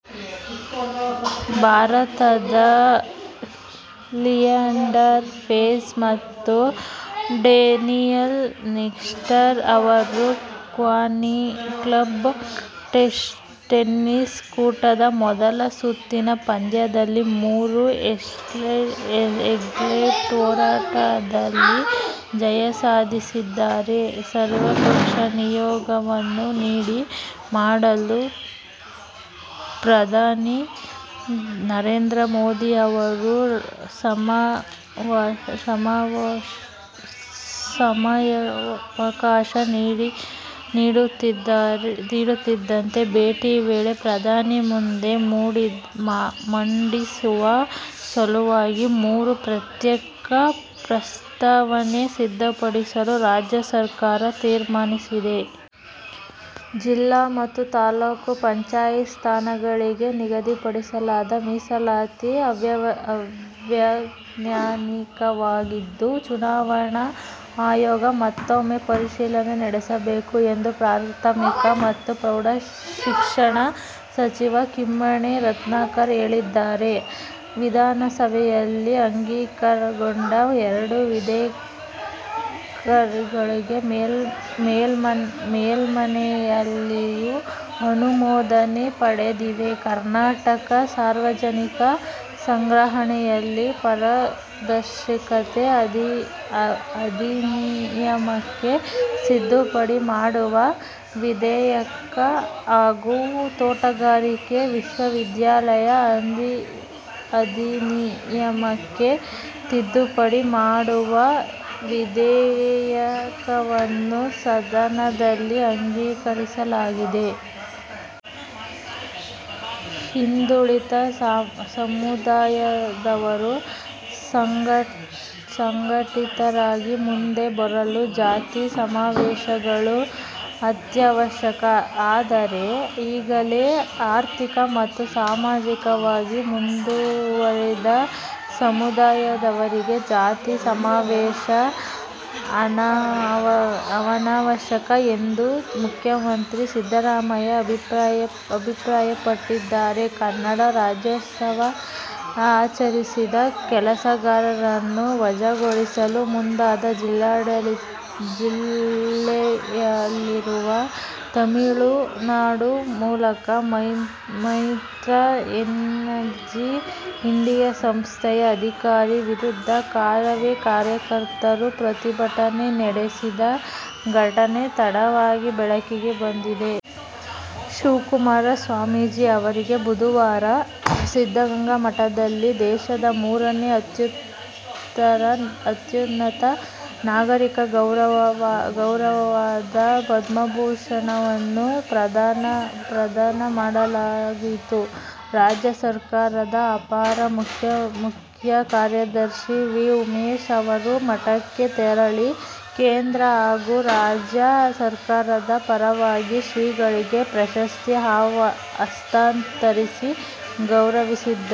ಭಾರತದ ಲಿಯಾಂಡರ್ ಪೇಸ್ ಮತ್ತು Daniel Nestor ಅವರು ಕ್ವೀನ್ಸ್ ಕ್ಲಬ್ ಟೆನಿಸ್ ಕೂಟದ ಮೊದಲ ಸುತ್ತಿನ ಪಂದ್ಯದಲ್ಲಿ ಮೂರು ಸೆಟ್ಗಳ ಹೋರಾಟದಲ್ಲಿ ಜಯ ಸಾಧಿಸಿದ್ದಾರೆ. ಸರ್ವಪಕ್ಷ ನಿಯೋಗವನ್ನು ಭೇಟಿ ಮಾಡಲು ಪ್ರಧಾನಿ ನರೇಂದ್ರ ಮೋದಿ ಅವರು ಸಮಯಾವಕಾಶ ನೀಡುತ್ತಿದ್ದಂತೆ ಭೇಟಿ ವೇಳೆ ಪ್ರಧಾನಿ ಮುಂದೆ ಮಂಡಿಸುವ ಸಲುವಾಗಿ ಮೂರು ಪ್ರತ್ಯೇಕ ಪ್ರಸ್ತಾವನೆ ಸಿದ್ಧಪಡಿಸಲು ರಾಜ್ಯ ಸರ್ಕಾರ ತೀರ್ಮಾನಿಸಿದೆ. ಜಿಲ್ಲಾ ಮತ್ತು ತಾಲೂಕು ಪಂಚಾಯತ್ ಸ್ಥಾನಗಳಿಗೆ ನಿಗದಿಪಡಿಸಲಾದ ಮೀಸಲಾತಿ ಅವೈಜ್ಞಾನಿಕವಾಗಿದ್ದು, ಚುನಾವಣಾ ಆಯೋಗ ಮತ್ತೂಮ್ಮೆ ಪರಿಶೀಲನೆ ನಡೆಸಬೇಕು ಎಂದು ಪ್ರಾಥಮಿಕ ಮತ್ತು ಪ್ರೌಢಶಿಕ್ಷಣ ಸಚಿವ ಕಿಮ್ಮನೆ ರತ್ನಾಕರ್ ಹೇಳಿದ್ದಾರೆ. ವಿಧಾನಸಭೆಯಲ್ಲಿ ಅಂಗೀಕಾರಗೊಂಡ ಎರಡು ವಿಧೇಯಕಗಳು ಮೇಲ್ಮನೆಯಲ್ಲಿಯೂ ಅನುಮೋದನೆ ಪಡೆದಿವೆ. ಕರ್ನಾಟಕ ಸಾರ್ವಜನಿಕ ಸಂಗ್ರಹಣೆಯಲ್ಲಿ ಪಾರದರ್ಶಕತೆ ಅಧಿನಿಯಮಕ್ಕೆ ತಿದ್ದುಪಡಿ ಮಾಡುವ ವಿಧೇಯಕ ಹಾಗೂ ತೋಟಗಾರಿಕೆ ವಿಶ್ವವಿದ್ಯಾಲಯ ಅಧಿನಿಯಮಕ್ಕೆ ತಿದ್ದುಪಡಿ ಮಾಡುವ ವಿಧೇಯಕವನ್ನು ಸದನದಲ್ಲಿ ಅಂಗೀಕರಿಸಲಾಗಿದೆ. "ಹಿಂದುಳಿದ ಸಮುದಾಯದವರು ಸಂಘಟಿತರಾಗಿ ಮುಂದೆ ಬರಲು ಜಾತಿಸಮಾವೇಶಗಳು ಅತ್ಯವಶ್ಯಕ. ಆದರೆ, ಈಗಾಗಲೇ ಆರ್ಥಿಕ ಮತ್ತು ಸಾಮಾಜಿಕವಾಗಿ ಮುಂದುವರಿದ ಸಮುದಾಯದವರಿಗೆ ಜಾತಿ ಸಮಾವೇಶ ಅನವಶ್ಯಕ' ಎಂದು ಮುಖ್ಯಮಂತ್ರಿ ಸಿದ್ದರಾಮಯ್ಯ ಅಭಿಪ್ರಾಯಪಟ್ಟಿದ್ದಾರೆ. ಕನ್ನಡ ರಾಜ್ಯೋತ್ಸವ ಆಚರಿಸಿದ ಕೆಲಸಗಾರರನ್ನು ವಜಾಗೊಳಿಸಲು ಮುಂದಾದ ಜಿಲ್ಲೆಯಲ್ಲಿರುವ ತಮಿಳುನಾಡು ಮೂಲದ ಮೈತ್ರಾ ಎನರ್ಜಿ ಇಂಡಿಯಾ ಸಂಸ್ಥೆಯ ಅಧಿಕಾರಿ ವಿರುದ್ಧ ಕರವೇ ಕಾರ್ಯಕರ್ತರು ಪ್ರತಿಭಟನೆ ನಡೆಸಿದ ಘಟನೆ ತಡವಾಗಿ ಬೆಳಕಿಗೆ ಬಂದಿದೆ. ಶಿವಕುಮಾರ ಸ್ವಾಮೀಜಿ ಅವರಿಗೆ ಬುಧವಾರ ಸಿದ್ಧಗಂಗಾ ಮಠದಲ್ಲಿ ದೇಶದ ಮೂರನೇ ಅತ್ಯುನ್ನತ ನಾಗರಿಕ ಗೌರವವಾದ ಪದ್ಮಭೂಷಣವನ್ನು ಪ್ರದಾನ ಮಾಡಲಾಯಿತು. ರಾಜ್ಯ ಸರ್ಕಾರದ ಅಪರ ಮುಖ್ಯ ಕಾರ್ಯದರ್ಶಿ ವಿ. ಉಮೇಶ್ ಅವರು ಮಠಕ್ಕೆ ತೆರಳಿ ಕೇಂದ್ರ ಹಾಗೂ ರಾಜ್ಯ ಸರ್ಕಾರದ ಪರವಾಗಿ ಶ್ರೀಗಳಿಗೆ ಪ್ರಶಸ್ತಿ ಹಸ್ತಾಂತರಿಸಿ ಗೌರವಿಸಿದರು.